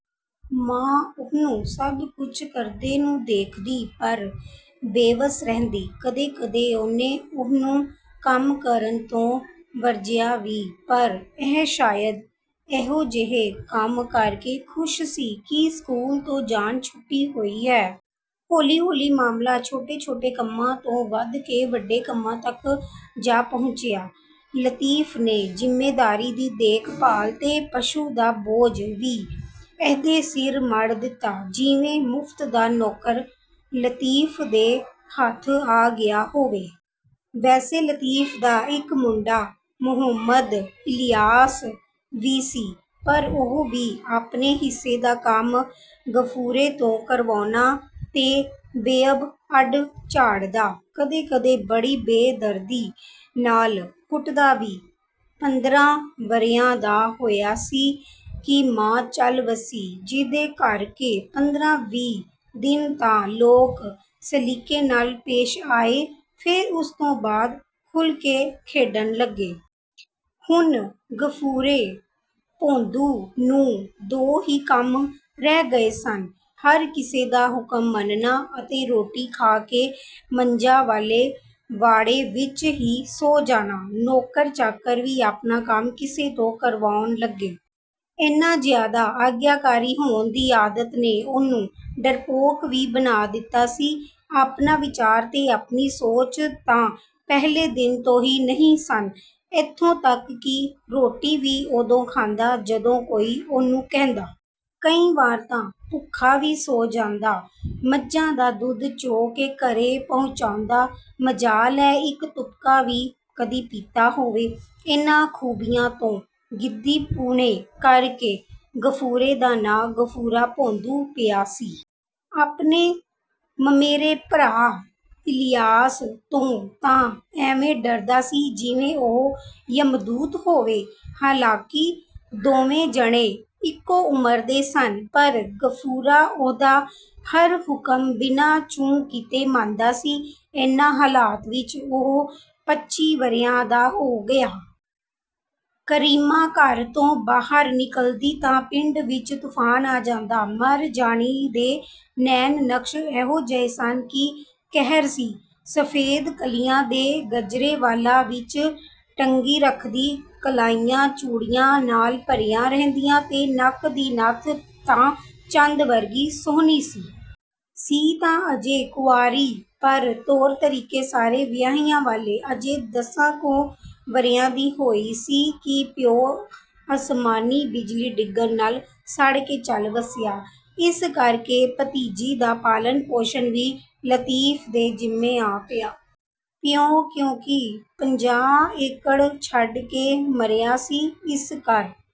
ਮਾਂ ਉਹਨੂੰ ਸਭ ਕੁਝ ਕਰਦੇ ਨੂੰ ਦੇਖਦੀ, ਪਰ ਬੇਵਸ ਰਹਿੰਦੀ। ਕਦੇ-ਕਦੇ ਉਹਨੇ ਇਹਨੂੰ ਕੰਮ ਕਰਨ ਤੋਂ ਵਰਜਿਆ ਵੀ, ਪਰ ਇਹ ਸ਼ਾਇਦ ਐਹੋ ਜਿਹੇ ਕੰਮ ਕਰ ਕੇ ਖੁਸ਼ ਸੀ ਕਿ ਸਕੂਲ ਤੋਂ ਜਾਨ ਛੁੱਟੀ ਹੋਈ ਹੈ। ਹੌਲੀ-ਹੌਲੀ ਮਾਮਲਾ ਛੋਟੇ-ਛੋਟੇ ਕੰਮਾਂ ਤੋਂ ਵਧ ਕੇ ਵੱਡੇ ਕੰਮਾਂ ਤੱਕ ਜਾ ਪਹੁੰਚਿਆ। ਲਤੀਫ ਨੇ ਜ਼ਿਮੀਂਦਾਰੀ ਦੀ ਦੇਖਭਾਲ ਤੇ ਪਸ਼ੂ ਦਾ ਬੋਝ ਵੀ ਇਹਦੇ ਸਿਰ ਮੜ੍ਹ ਦਿੱਤਾ, ਜਿਵੇਂ ਮੁਫ਼ਤ ਦਾ ਨੌਕਰ ਲਤੀਫ ਦੇ ਹੱਥ ਆ ਗਿਆ ਹੋਵੇ। ਵੈਸੇ ਲਤੀਫ ਦਾ ਇੱਕ ਮੁੰਡਾ ਮੁਹੰਮਦ ਇਲਿਆਸ ਵੀ ਸੀ, ਪਰ ਉਹ ਵੀ ਆਪਣੇ ਹਿੱਸੇ ਦਾ ਕੰਮ ਗਫੂਰੇ ਤੋਂ ਕਰਵਾਉਂਦਾ ਤੇ ਰੋਅਬ ਅੱਡ ਝਾੜਦਾ। ਕਦੇ-ਕਦੇ ਬੜੀ ਬੇਦਰਦੀ ਨਾਲ ਕੁੱਟਦਾ ਵੀ। ਪੰਦਰਾਂ ਵਰ੍ਹਿਆਂ ਦਾ ਹੋਇਆ ਸੀ ਕਿ ਮਾਂ ਚੱਲ ਵਸੀ, ਜਿਹਦੇ ਕਰ ਕੇ ਪੰਦਰਾਂ-ਵੀਹ ਦਿਨ ਤਾਂ ਲੋਕ ਸਲੀਕੇ ਨਾਲ ਪੇਸ਼ ਆਏ, ਫੇਰ ਉਸ ਤੋਂ ਬਾਅਦ ਖੁੱਲ੍ਹ ਕੇ ਖੇਡਣ ਲੱਗੇ। ਹੁਣ ਗਫੂਰੇ ਭੌਂਦੂ ਨੂੰ ਦੋ ਹੀ ਕੰਮ ਰਹਿ ਗਏ ਸਨ—ਹਰ ਕਿਸੇ ਦਾ ਹੁਕਮ ਮੰਨਣਾ ਅਤੇ ਰੋਟੀ ਖਾ ਕੇ ਮੱਝਾਂ ਵਾਲੇ ਵਾੜੇ ਵਿਚ ਹੀ ਸੌਂ ਜਾਣਾ। ਨੌਕਰ-ਚਾਕਰ ਵੀ ਆਪਣਾ ਕੰਮ ਇਸੇ ਤੋਂ ਕਰਵਾਉਣ ਲੱਗੇ। ਐਨਾ ਜ਼ਿਆਦਾ ਆਗਿਆਕਾਰੀ ਹੋਣ ਦੀ ਆਦਤ ਨੇ ਉਹਨੂੰ ਡਰਪੋਕ ਵੀ ਬਣਾ ਦਿੱਤਾ ਸੀ। ਆਪਣਾ ਵਿਚਾਰ ਤੇ ਆਪਣੀ ਸੋਚ ਤਾਂ ਪਹਿਲੇ ਦਿਨ ਤੋਂ ਹੀ ਨਹੀਂ ਸਨ। ਏਥੋਂ ਤੱਕ ਕਿ ਰੋਟੀ ਵੀ ਉਦੋਂ ਖਾਂਦਾ, ਜਦੋਂ ਕੋਈ ਉਹਨੂੰ ਕਹਿੰਦਾ। ਕਈ ਵਾਰ ਤਾਂ ਭੁੱਖਾ ਹੀ ਸੌਂ ਜਾਂਦਾ। ਮੱਝਾਂ ਦਾ ਦੁੱਧ ਚੋ ਕੇ ਘਰੇ ਪਹੁੰਚਾਉਂਦਾ। ਮਜਾਲ ਐ, ਇੱਕ ਤੁਪਕਾ ਵੀ ਕਦੇ ਪੀਤਾ ਹੋਵੇ। ਇਨ੍ਹਾਂ ਖੂਬੀਆਂ ਤੇ ਗੀਦੀਪੁਣੇ ਕਰ ਕੇ ਗਫੂਰੇ ਦਾ ਨਾਂ ਗਫੂਰਾ ਭੌਂਦੂ ਪਿਆ ਸੀ। ਆਪਣੇ ਮਮੇਰੇ ਭਰਾ ਇਲਿਆਸ ਤੋਂ ਤਾਂ ਇਵੇਂ ਡਰਦਾ ਸੀ, ਜਿਵੇਂ ਉਹ ਯਮਦੂਤ ਹੋਵੇ। ਹਾਲਾਂਕਿ ਦੋਵੇਂ ਜਣੇ ਇੱਕੋ ਉਮਰ ਦੇ ਸਨ, ਪਰ ਗਫੂਰਾ ਉਹਦਾ ਹਰ ਹੁਕਮ ਬਿਨਾ ਚੂੰ ਕੀਤੇ ਮੰਨਦਾ ਸੀ। ਇਨ੍ਹਾਂ ਹਾਲਾਤ ਵਿਚ ਉਹ ਪੱਚੀ ਵਰ੍ਹਿਆਂ ਦਾ ਹੋ ਗਿਆ। ਕਰੀਮਾਂ ਘਰ ਤੋਂ ਬਾਹਰ ਨਿਕਲਦੀ ਤਾਂ ਪਿੰਡ ਵਿਚ ਤੂਫ਼ਾਨ ਆ ਜਾਂਦਾ। ਮਰ ਜਾਣੀ ਦੇ ਨੈਣ-ਨਕਸ਼ ਇਹੋ ਜਿਹੇ ਸਨ ਕਿ ਕਹਿਰ ਸੀ। ਸਫ਼ੈਦ ਕਲੀਆਂ ਦੇ ਗਜਰੇ ਵਾਲਾਂ ਵਿਚ ਟੰਗੀ ਰੱਖਦੀ, ਕਲਾਈਆਂ ਚੂੜੀਆਂ ਨਾਲ ਭਰੀਆਂ ਰਹਿੰਦੀਆਂ ਤੇ ਨੱਕ ਦੀ ਨੱਥ ਤਾਂ ਚੰਦ ਵਰਗੀ ਸੁਹਣੀ ਸੀ। ਸੀ ਤਾਂ ਅਜੇ ਕੁਆਰੀ, ਪਰ ਤੌਰ-ਤਰੀਕੇ ਸਾਰੇ ਵਿਆਹੀਆਂ ਵਾਲੇ। ਅਜੇ ਦਸਾਂ ਕੁ ਵਰ੍ਹਿਆਂ ਦੀ ਹੋਣੀ ਸੀ ਕਿ ਪਿਉ ਅਸਮਾਨੀ ਬਿਜਲੀ ਡਿੱਗਣ ਨਾਲ ਸੜ ਕੇ ਚੱਲ ਵਸਿਆ। ਇਸ ਕਰ ਕੇ ਭਤੀਜੀ ਦਾ ਪਾਲਣ-ਪੋਸ਼ਣ ਵੀ ਲਤੀਫ ਦੇ ਜ਼ਿੰਮੇ ਆ ਪਿਆ। ਪਿਉ, ਕਿਉਂਕਿ ਪੰਜਾਹ ਏਕੜ ਛੱਡ ਕੇ ਮਰਿਆ ਸੀ, ਇਸ ਕਰ...